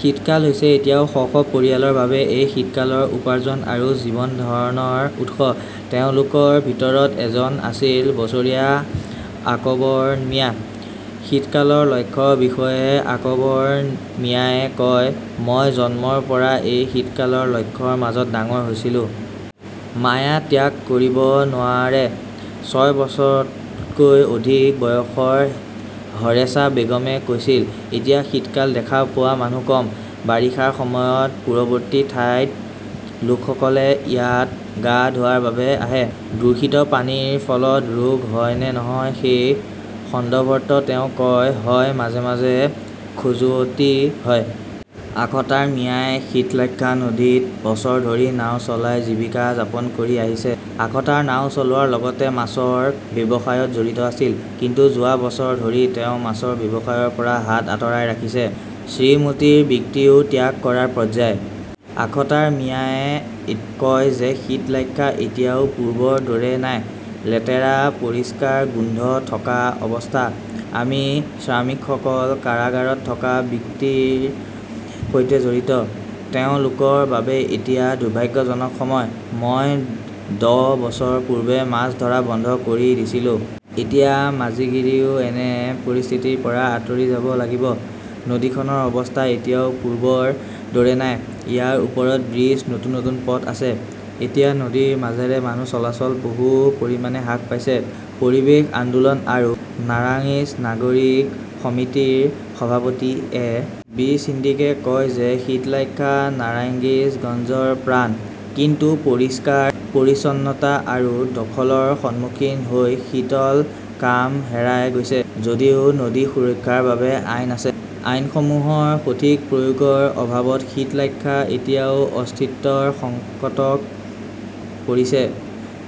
শীতকাল হৈছে এতিয়াও শ -শ পৰিয়ালৰ বাবে এই শীতকালৰ উপাৰ্জন আৰু জীৱন ধৰণৰ উৎস। তেওঁলোকৰ ভিতৰত এজন আছিল বছৰীয়া আকবৰ মিয়া। শীতকালৰ লক্ষ্যৰ বিষয়ে আকবৰ মিয়াৱে কয়,'মই জন্মৰ পৰাই এই শীতকালৰ লক্ষ্যৰ মাজত ডাঙৰ হৈছিলো'। মায়া ত্যাগ কৰিব নোৱাৰে। ছয় বছৰতকৈ অধিক বয়সৰ হৰেছা বেগমে কৈছিল, এতিয়া শীতকাল দেখা পোৱা মানুহ কম। বাৰিষাৰ সময়ত পূৰৱৰ্তী ঠাইৰ লোকসকলে ইয়াত গা ধোৱাৰ বাবে আহে। দূষিত পানীৰ ফলত ৰোগ হয় নে নহয় সেই সন্দৰ্ভতত তেওঁ কয়, হয় মাজে -মাজে খজুৱতি হয়। আখতাৰ মিয়াই শীতলাক্ষ্যা নদীত বছৰ ধৰি নাওঁ চলাই জীৱিকা যাপন কৰি আহিছে। আখতাৰ নাওঁ চলোৱাৰ লগতে মাছৰ ব্যৱসায়ত জড়িত আছিল। কিন্তু যোৱা বছৰ ধৰি তেওঁ মাছৰ ব্যৱসায়ৰ পৰা হাত আঁতৰাই ৰাখিছে। শ্ৰীমতীৰ বৃত্তিও ত্যাগ কৰাৰ পৰ্যায়। আখতাৰ মিয়াৱে কয় যে শীতলাক্ষ্যা এতিয়া পূৰ্বৰ দৰে নাই। লেতেৰা, পৰিষ্কাৰ গোন্ধ থকা অৱস্থা। আমি শ্ৰামিকসকল কাৰাগাৰত থকা বৃত্তিৰ সৈতে জড়িত। তেওঁলোকৰ বাবে এতিয়া দুৰ্ভাগ্যজনক সময়। মই দহ বছৰ পূৰ্বে মাছ ধৰা বন্ধ কৰি দিছিলোঁ। এতিয়া মাজিগিৰিও এনে পৰিস্থিতিৰ পৰা আঁতৰি যাব লাগিব। নদীখনৰ অৱস্থা এতিয়াও পূৰ্বৰ দৰে নাই। ইয়াৰ ওপৰত ব্ৰীজ, নতুন -নতুন পথ আছে। এতিয়া নদীৰ মাজেৰে মানুহ চলাচল বহু পৰিমাণে হ্ৰাস পাইছে। পৰিৱেশ আন্দোলন আৰু নাৰাংইজ নাগৰিক সমিতিৰ সভাপতি এ. বি. ছিদ্দিকে কয় যে শীতলক্ষ্যা নাৰাংইজগঞ্জৰ প্ৰাণ। কিন্তু পৰিষ্কাৰ-পৰিচ্ছন্নতা আৰু দখলৰ সন্মুখীন হৈ শীতলকাম হেৰাই গৈছে, যদিও নদী সুৰক্ষাৰ বাবে আইন আছে ,আইনসমূহৰ সঠিক প্ৰয়োগৰ অভাৱত শীতলাক্ষ্যা এতিয়া অস্তিত্বৰ সংকটত পৰিছে।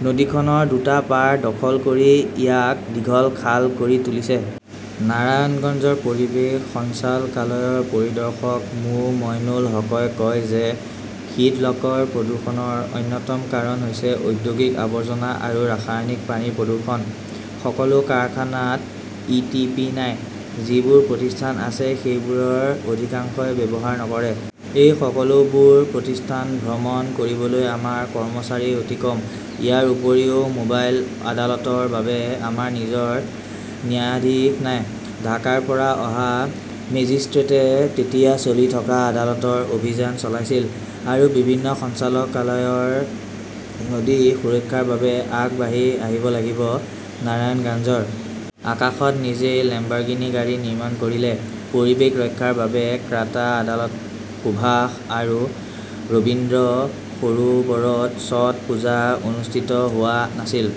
নদীখনৰ দুটা পাৰ দখল কৰি ইয়াক দীঘল খাল কৰি তুলিছে। নাৰায়ণগঞ্জৰ পৰিৱেশ সঞ্চালকালয়ৰ পৰিদৰ্শক মো. মইনুল হকই কয় যে শীতলকৰ প্ৰদূষণৰ অন্যতম কাৰণ হৈছে ঔদ্যোগিক আৱৰ্জনা আৰু ৰাসায়নিক পানীৰ প্ৰদূষণ। সকলো কাৰখানাত ই টি পি নাই। যিবোৰ প্ৰতিষ্ঠান আছে সেইবোৰৰ অধিকাংশই ব্যৱহাৰ নকৰে। এই সকলোবোৰ প্ৰতিষ্ঠান ভ্ৰমণ কৰিবলৈ আমাৰ কৰ্মচাৰী অতি কম। ইয়াৰ উপৰিও মোবাইল আদালতৰ বাবে আমাৰ নিজৰ ন্যায়াধীশ নাই। ঢাকাৰ পৰা অহা মেজিস্ট্ৰেটে তেতিয়া চলি থকা আদালতৰ অভিযান চলাইছিল। আৰু বিভিন্ন সঞ্চালকালয়ৰ নদী সুৰক্ষাৰ বাবে আগবাঢ়ি আহিব লাগিব। নাৰায়ণগাঞ্জৰ আকাশত নিজে লেম্বাৰগিনি গাড়ী নিৰ্মাণ কৰিলে। পৰিৱেশ ৰক্ষাৰ বাবে ত্ৰাতা আদালত সুভাষ আৰু ৰবীন্দ্ৰ সৰোবৰত ছট পূজা অনুষ্ঠিত হোৱা নাছিল।